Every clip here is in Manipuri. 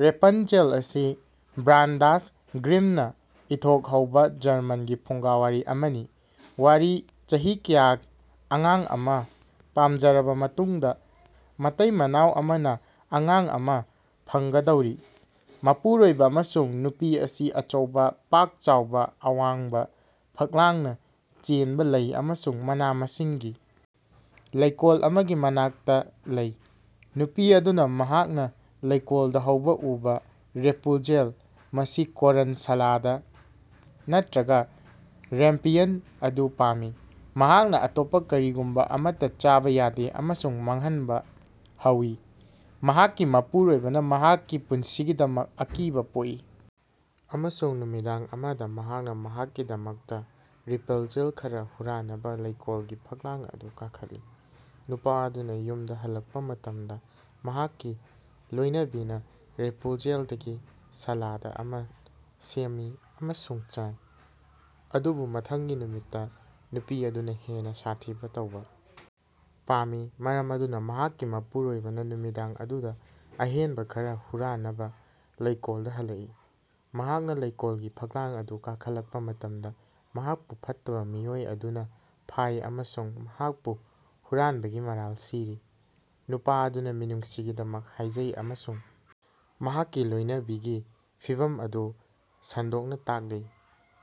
ꯔꯦꯄꯟꯖꯦꯜ ꯑꯁꯤ ꯕ꯭ꯔꯥꯗꯔꯁ ꯒ꯭ꯔꯤꯝꯅ ꯏꯊꯣꯛꯍꯧꯕ ꯖꯔꯃꯟꯒꯤ ꯐꯨꯡꯒꯥꯋꯥꯔꯤ ꯑꯃꯅꯤ꯫ ꯋꯥꯔꯤ ꯆꯍꯤ ꯀꯌꯥ ꯑꯉꯥꯡ ꯑꯃꯥ ꯄꯥꯝꯖꯔꯕ ꯃꯇꯨꯡꯗ, ꯃꯇꯩ-ꯃꯅꯥꯎ ꯑꯃꯅ ꯑꯉꯥꯡ ꯑꯃꯥ ꯐꯪꯒꯗꯧꯔꯤ꯫ ꯃꯄꯨꯔꯣꯏꯕ ꯑꯃꯁꯨꯡ ꯅꯨꯄꯤ ꯑꯁꯤ ꯑꯆꯧꯕ, ꯄꯥꯛ ꯆꯥꯎꯕ, ꯑꯋꯥꯡꯕ ꯐꯛꯂꯥꯡꯅ ꯆꯦꯟꯕ ꯂꯩ ꯑꯃꯁꯨꯡ ꯃꯅꯥ-ꯃꯁꯤꯡꯒꯤ ꯂꯩꯀꯣꯜ ꯑꯃꯒꯤ ꯃꯅꯥꯛꯇ ꯂꯩ꯫ ꯅꯨꯄꯤ ꯑꯗꯨꯅ ꯃꯍꯥꯛꯅ ꯂꯩꯀꯣꯜꯗ ꯍꯧꯕ ꯎꯕ ꯔꯦꯄꯨꯟꯖꯦꯜ (ꯃꯁꯤ ꯀꯣꯔ꯭ꯟ ꯁꯥꯂꯥꯗ ꯅꯠꯇ꯭ꯔꯥꯒ ꯔꯦꯝꯄꯤꯌꯟ) ꯑꯗꯨ ꯄꯥꯝꯃꯤ꯫ ꯃꯍꯥꯛꯅ ꯑꯇꯣꯞꯄ ꯀꯔꯤꯒꯨꯝꯕ ꯑꯃꯠꯇ ꯆꯥꯕ ꯌꯥꯗꯦ ꯑꯃꯁꯨꯡ ꯃꯥꯡꯍꯟꯕ ꯍꯧꯋꯤ꯫ ꯃꯍꯥꯛꯀꯤ ꯃꯄꯨꯔꯣꯏꯕꯅ ꯃꯍꯥꯛꯀꯤ ꯄꯨꯟꯁꯤꯒꯤꯗꯃꯛ ꯑꯀꯤꯕ ꯄꯣꯛꯏ ꯑꯃꯁꯨꯡ ꯅꯨꯃꯤꯗꯥꯡ ꯑꯃꯗ, ꯃꯍꯥꯛꯅ ꯃꯍꯥꯛꯀꯤꯗꯃꯛꯇ ꯔꯦꯄꯟꯖꯦꯜ ꯈꯔ ꯍꯨꯔꯥꯟꯅꯕ ꯂꯩꯀꯣꯜꯒꯤ ꯐꯛꯂꯥꯡ ꯑꯗꯨ ꯀꯥꯈꯠꯂꯤ꯫ ꯅꯨꯄꯥ ꯑꯗꯨꯅ ꯌꯨꯝꯗ ꯍꯜꯂꯛꯄ ꯃꯇꯝꯗ, ꯃꯍꯥꯛꯀꯤ ꯂꯣꯏꯅꯕꯤꯅ ꯔꯦꯄꯨꯟꯖꯦꯜꯗꯒꯤ ꯁꯥꯂꯥꯗ ꯑꯃ ꯁꯦꯝꯃꯤ ꯑꯃꯁꯨꯡ ꯆꯥꯏ꯫ ꯑꯗꯨꯕꯨ ꯃꯊꯪꯒꯤ ꯅꯨꯃꯤꯠꯇ, ꯅꯨꯄꯤ ꯑꯗꯨꯅ ꯍꯦꯟꯅ ꯁꯥꯊꯤꯕ ꯇꯧꯕ ꯄꯥꯝꯃꯤ, ꯃꯔꯝ ꯑꯗꯨꯅ ꯃꯍꯥꯛꯀꯤ ꯃꯄꯨꯔꯣꯏꯕꯅ ꯅꯨꯃꯤꯗꯥꯡ ꯑꯗꯨꯗ ꯑꯍꯦꯟꯕ ꯈꯔ ꯍꯨꯔꯥꯟꯅꯕ ꯂꯩꯀꯣꯜꯗ ꯍꯜꯂꯛꯏ꯫ ꯃꯍꯥꯛꯅ ꯂꯩꯀꯣꯜꯒꯤ ꯐꯛꯂꯥꯡ ꯑꯗꯨ ꯀꯥꯈꯠꯂꯛꯄ ꯃꯇꯝꯗ, ꯃꯍꯥꯛꯄꯨ ꯐꯠꯇꯕ ꯃꯤꯑꯣꯏ ꯑꯗꯨꯅ ꯐꯥꯏ ꯑꯃꯁꯨꯡ ꯃꯍꯥꯛꯄꯨ ꯍꯨꯔꯥꯟꯕꯒꯤ ꯃꯔꯥꯜ ꯁꯤꯔꯤ꯫ ꯅꯨꯄꯥ ꯑꯗꯨꯅ ꯃꯤꯅꯨꯡꯁꯤꯒꯤꯗꯃꯛ ꯍꯥꯏꯖꯩ ꯑꯃꯁꯨꯡ ꯃꯍꯥꯛꯀꯤ ꯂꯣꯏꯅꯕꯤꯒꯤ ꯐꯤꯚꯝ ꯑꯗꯨ ꯁꯟꯗꯣꯛꯅ ꯇꯥꯛꯂꯤ꯫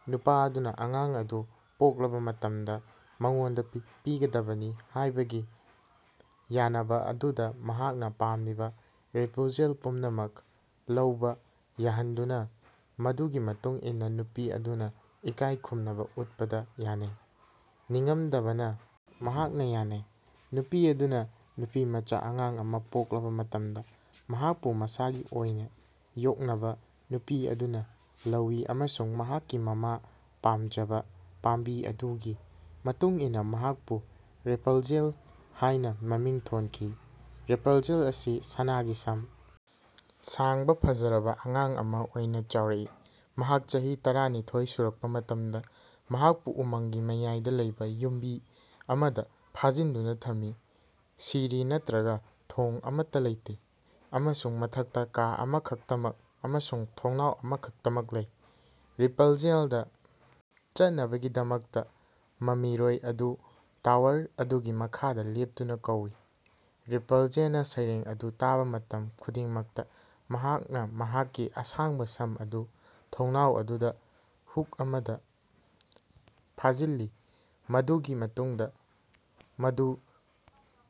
ꯅꯨꯄꯥ ꯑꯗꯨꯅ ꯑꯉꯥꯡ ꯑꯗꯨ ꯄꯣꯛꯂꯕ ꯃꯇꯝꯗ ꯃꯉꯣꯟꯗ ꯄꯤꯒꯗꯕꯅꯤ ꯍꯥꯏꯕꯒꯤ ꯌꯥꯅꯕ ꯑꯗꯨꯗ ꯃꯍꯥꯛꯅ ꯄꯥꯝꯂꯤꯕ ꯔꯦꯄꯨꯟꯖꯦꯜ ꯄꯨꯝꯅꯃꯛ ꯂꯧꯕ ꯌꯥꯍꯟꯗꯨꯅ, ꯃꯗꯨꯒꯤ ꯃꯇꯨꯡ ꯏꯟꯅ ꯅꯨꯄꯤ ꯑꯗꯨꯅ ꯏꯀꯥꯏ ꯈꯨꯝꯅꯕ ꯎꯠꯄꯗ ꯌꯥꯅꯩ꯫ ꯅꯤꯡꯉꯝꯗꯕꯅ, ꯃꯍꯥꯛ ꯌꯥꯅꯩ꯫ ꯅꯨꯄꯤ ꯑꯗꯨꯅ ꯅꯨꯄꯤꯃꯆꯥ ꯑꯉꯥꯡ ꯑꯃꯥ ꯄꯣꯛꯂꯕ ꯃꯇꯝꯗ, ꯃꯍꯥꯛꯄꯨ ꯃꯁꯥꯒꯤ ꯑꯣꯏꯅ ꯌꯣꯛꯅꯕ ꯅꯨꯄꯤ ꯑꯗꯨꯅ ꯂꯧꯋꯤ ꯑꯃꯁꯨꯡ ꯃꯍꯥꯛꯀꯤ ꯃꯃꯥꯅ ꯄꯥꯝꯖꯕ ꯄꯥꯝꯕꯤ ꯑꯗꯨꯒꯤ ꯃꯇꯨꯡ ꯏꯟꯅ ꯃꯍꯥꯛꯄꯨ ꯔꯦꯄꯟꯖꯦꯜ ꯍꯥꯏꯅ ꯃꯃꯤꯡ ꯊꯣꯟꯈꯤ꯫ ꯔꯦꯄꯟꯖꯦꯜ ꯑꯁꯤ ꯁꯅꯥꯒꯤ ꯁꯝ ꯁꯥꯡꯕ ꯐꯖꯔꯕ ꯑꯉꯥꯡ ꯑꯃ ꯑꯣꯏꯅ ꯆꯥꯎꯔꯛꯏ꯫ ꯃꯍꯥꯛ ꯆꯍꯤ ꯇꯔꯥꯅꯤꯊꯣꯏ ꯁꯨꯔꯛꯄ ꯃꯇꯝꯗ, ꯃꯍꯥꯛꯄꯨ ꯎꯃꯪꯒꯤ ꯃꯌꯥꯏꯗ ꯂꯩꯕ ꯌꯨꯝꯕꯤ ꯑꯃꯗ ꯐꯥꯖꯤꯟꯗꯨꯅ ꯊꯝꯃꯤ, ꯁꯤꯔꯤ ꯅꯠꯇ꯭ꯔꯥꯒ ꯊꯣꯡ ꯑꯃꯠꯇ ꯂꯩꯇꯦ, ꯑꯃꯁꯨꯡ ꯃꯊꯛꯇ ꯀꯥ ꯑꯃꯈꯛꯇꯃꯛ ꯑꯃꯁꯨꯡ ꯊꯣꯡꯅꯥꯎ ꯑꯃꯈꯛꯇꯃꯛ ꯂꯩ꯫ ꯔꯦꯄꯟꯖꯦꯜꯗ ꯆꯠꯅꯕꯒꯤꯗꯃꯛ, ꯃꯃꯤꯔꯣꯏ ꯑꯗꯨꯅ ꯇꯋꯥꯔ ꯑꯗꯨꯒꯤ ꯃꯈꯥꯗ ꯂꯦꯞꯇꯨꯅ ꯀꯧꯏ: ꯔꯥꯄꯟꯖꯦꯜꯅ ꯁꯩꯔꯦꯡ ꯑꯗꯨ ꯇꯥꯕ ꯃꯇꯝ ꯈꯨꯗꯤꯡꯃꯛꯇ, ꯃꯍꯥꯛꯅ ꯃꯍꯥꯛꯀꯤ ꯑꯁꯥꯡꯕ ꯁꯝ ꯑꯗꯨ ꯊꯣꯡꯅꯥꯎ ꯑꯗꯨꯗ ꯍꯨꯛ ꯑꯃꯗ ꯐꯥꯖꯤꯜꯂꯤ ꯃꯗꯨꯒꯤ ꯃꯇꯨꯡꯗ ꯃꯗꯨ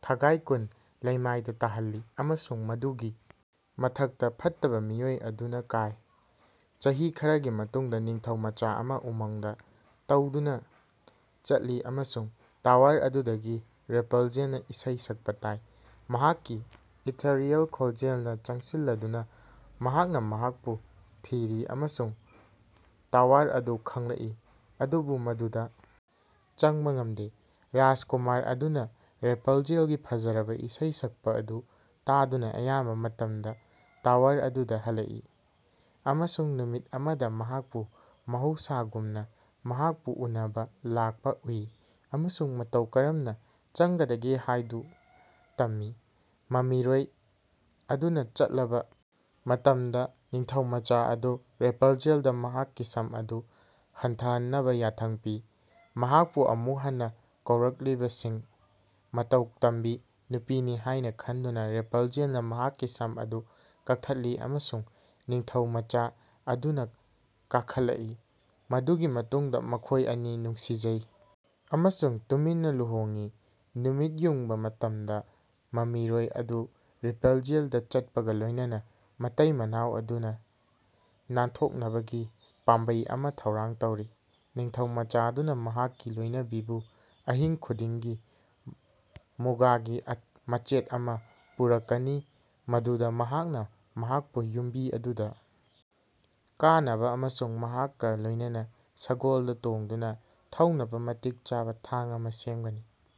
ꯊꯒꯥꯏ ꯀꯨꯟ ꯂꯩꯃꯥꯏꯗ ꯇꯥꯍꯟꯈꯤ, ꯑꯃꯁꯨꯡ ꯃꯗꯨꯒꯤ ꯃꯊꯛꯇ ꯐꯠꯇꯕ ꯃꯤꯑꯣꯏ ꯑꯗꯨꯅ ꯀꯥꯏ꯫ ꯆꯍꯤ ꯈꯔꯒꯤ ꯃꯇꯨꯡꯗ, ꯅꯤꯡꯊꯧꯃꯆꯥ ꯑꯃꯅ ꯎꯃꯪꯗ ꯊꯧꯗꯨꯅ ꯆꯠꯂꯤ ꯑꯃꯁꯨꯡ ꯇꯋꯥꯔ ꯑꯗꯨꯗꯒꯤ ꯔꯦꯄꯟꯖꯦꯜꯅ ꯏꯁꯩ ꯁꯛꯄ ꯇꯥꯏ꯫ ꯃꯍꯥꯛꯀꯤ ꯏꯊꯦꯔꯤꯌꯦꯜ ꯈꯣꯟꯖꯦꯜꯅ ꯆꯪꯁꯤꯜꯂꯗꯨꯅ, ꯃꯍꯥꯛꯅ ꯃꯍꯥꯛꯄꯨ ꯊꯤꯔꯤ ꯑꯃꯁꯨꯡ ꯇꯋꯥꯔ ꯑꯗꯨ ꯈꯪꯂꯛꯏ, ꯑꯗꯨꯕꯨ ꯃꯗꯨꯗ ꯆꯪꯕ ꯉꯝꯗꯦ꯫ ꯔꯥꯖꯀꯨꯃꯥꯔ ꯑꯗꯨꯅ ꯔꯦꯄꯟꯖꯦꯜꯒꯤ ꯐꯖꯔꯕ ꯏꯁꯩ ꯁꯛꯄ ꯑꯗꯨ ꯇꯥꯗꯨꯅ ꯑꯌꯥꯝꯕ ꯃꯇꯝꯗ ꯇꯋꯥꯔ ꯑꯗꯨꯗ ꯍꯜꯂꯛꯏ, ꯑꯃꯁꯨꯡ ꯅꯨꯃꯤꯠ ꯑꯃꯗ ꯃꯍꯥꯛꯄꯨ ꯃꯍꯧꯁꯥꯒꯨꯝꯅ ꯃꯍꯥꯛꯄꯨ ꯎꯅꯕ ꯂꯥꯛꯄ ꯎꯏ ꯑꯃꯁꯨꯡ ꯃꯇꯧ ꯀꯔꯝꯅ ꯆꯪꯒꯗꯒꯦ ꯍꯥꯏꯕꯗꯨ ꯇꯝꯃꯤ꯫ ꯃꯃꯤꯔꯣꯏ ꯑꯗꯨꯅ ꯆꯠꯂꯕ ꯃꯇꯝꯗ, ꯅꯤꯡꯊꯧꯃꯆꯥ ꯑꯗꯨꯅ ꯔꯦꯄꯟꯖꯦꯜꯗ ꯃꯍꯥꯛꯀꯤ ꯁꯝ ꯑꯗꯨ ꯍꯟꯊꯍꯟꯅꯕ ꯌꯥꯊꯪ ꯄꯤ꯫ ꯃꯍꯥꯛꯄꯨ ꯑꯃꯨꯛ ꯍꯟꯅ ꯀꯧꯔꯛꯂꯤꯕꯁꯤ ꯃꯇꯧ ꯇꯝꯕꯤ ꯅꯨꯄꯤꯅꯤ ꯍꯥꯏꯅ ꯈꯟꯗꯨꯅ, ꯔꯦꯄꯟꯖꯦꯜꯅ ꯃꯍꯥꯛꯀꯤ ꯁꯝ ꯑꯗꯨ ꯀꯛꯊꯠꯂꯤ ꯑꯃꯁꯨꯡ ꯅꯤꯡꯊꯧꯃꯆꯥ ꯑꯗꯨꯅ ꯀꯥꯈꯠꯂꯛꯏ꯫ ꯃꯗꯨꯒꯤ ꯃꯇꯨꯡꯗ ꯃꯈꯣꯏ ꯑꯅꯤ ꯅꯨꯡꯁꯤꯖꯩ ꯑꯃꯁꯨꯡ ꯇꯨꯃꯤꯟꯅ ꯂꯨꯍꯣꯡꯏ꯫ ꯅꯨꯃꯤꯠ ꯌꯨꯡꯕ ꯃꯇꯝꯗ ꯃꯃꯤꯔꯣꯏ ꯑꯗꯨꯅ ꯔꯥꯄꯟꯖꯦꯜꯗ ꯆꯠꯄꯒ ꯂꯣꯏꯅꯅ, ꯃꯇꯩ-ꯃꯅꯥꯎ ꯑꯗꯨꯅ ꯅꯥꯟꯊꯣꯛꯅꯕꯒꯤ ꯄꯥꯝꯕꯩ ꯑꯃ ꯊꯧꯔꯥꯡ ꯇꯧꯔꯤ: ꯅꯤꯡꯊꯧꯃꯆꯥ ꯑꯗꯨꯅ ꯃꯍꯥꯛꯀꯤ ꯂꯣꯏꯅꯕꯤꯕꯨ ꯑꯍꯤꯡ ꯈꯨꯗꯤꯡꯒꯤ ꯃꯨꯒꯥꯒꯤ ꯃꯆꯦꯠ ꯑꯃ ꯄꯨꯔꯛꯀꯅꯤ ꯃꯗꯨꯗ ꯃꯍꯥꯛꯅ ꯃꯍꯥꯛꯄꯨ ꯌꯨꯝꯕꯤ ꯑꯗꯨꯗ ꯀꯥꯅꯕ ꯑꯃꯁꯨꯡ ꯃꯍꯥꯛꯀ ꯂꯣꯏꯅꯅ ꯁꯒꯣꯜꯗ ꯇꯣꯡꯗꯨꯅ ꯊꯧꯅꯕ ꯃꯇꯤꯛ ꯆꯥꯕ ꯊꯥꯛ ꯑꯃ ꯁꯦꯝꯒꯅꯤ꯫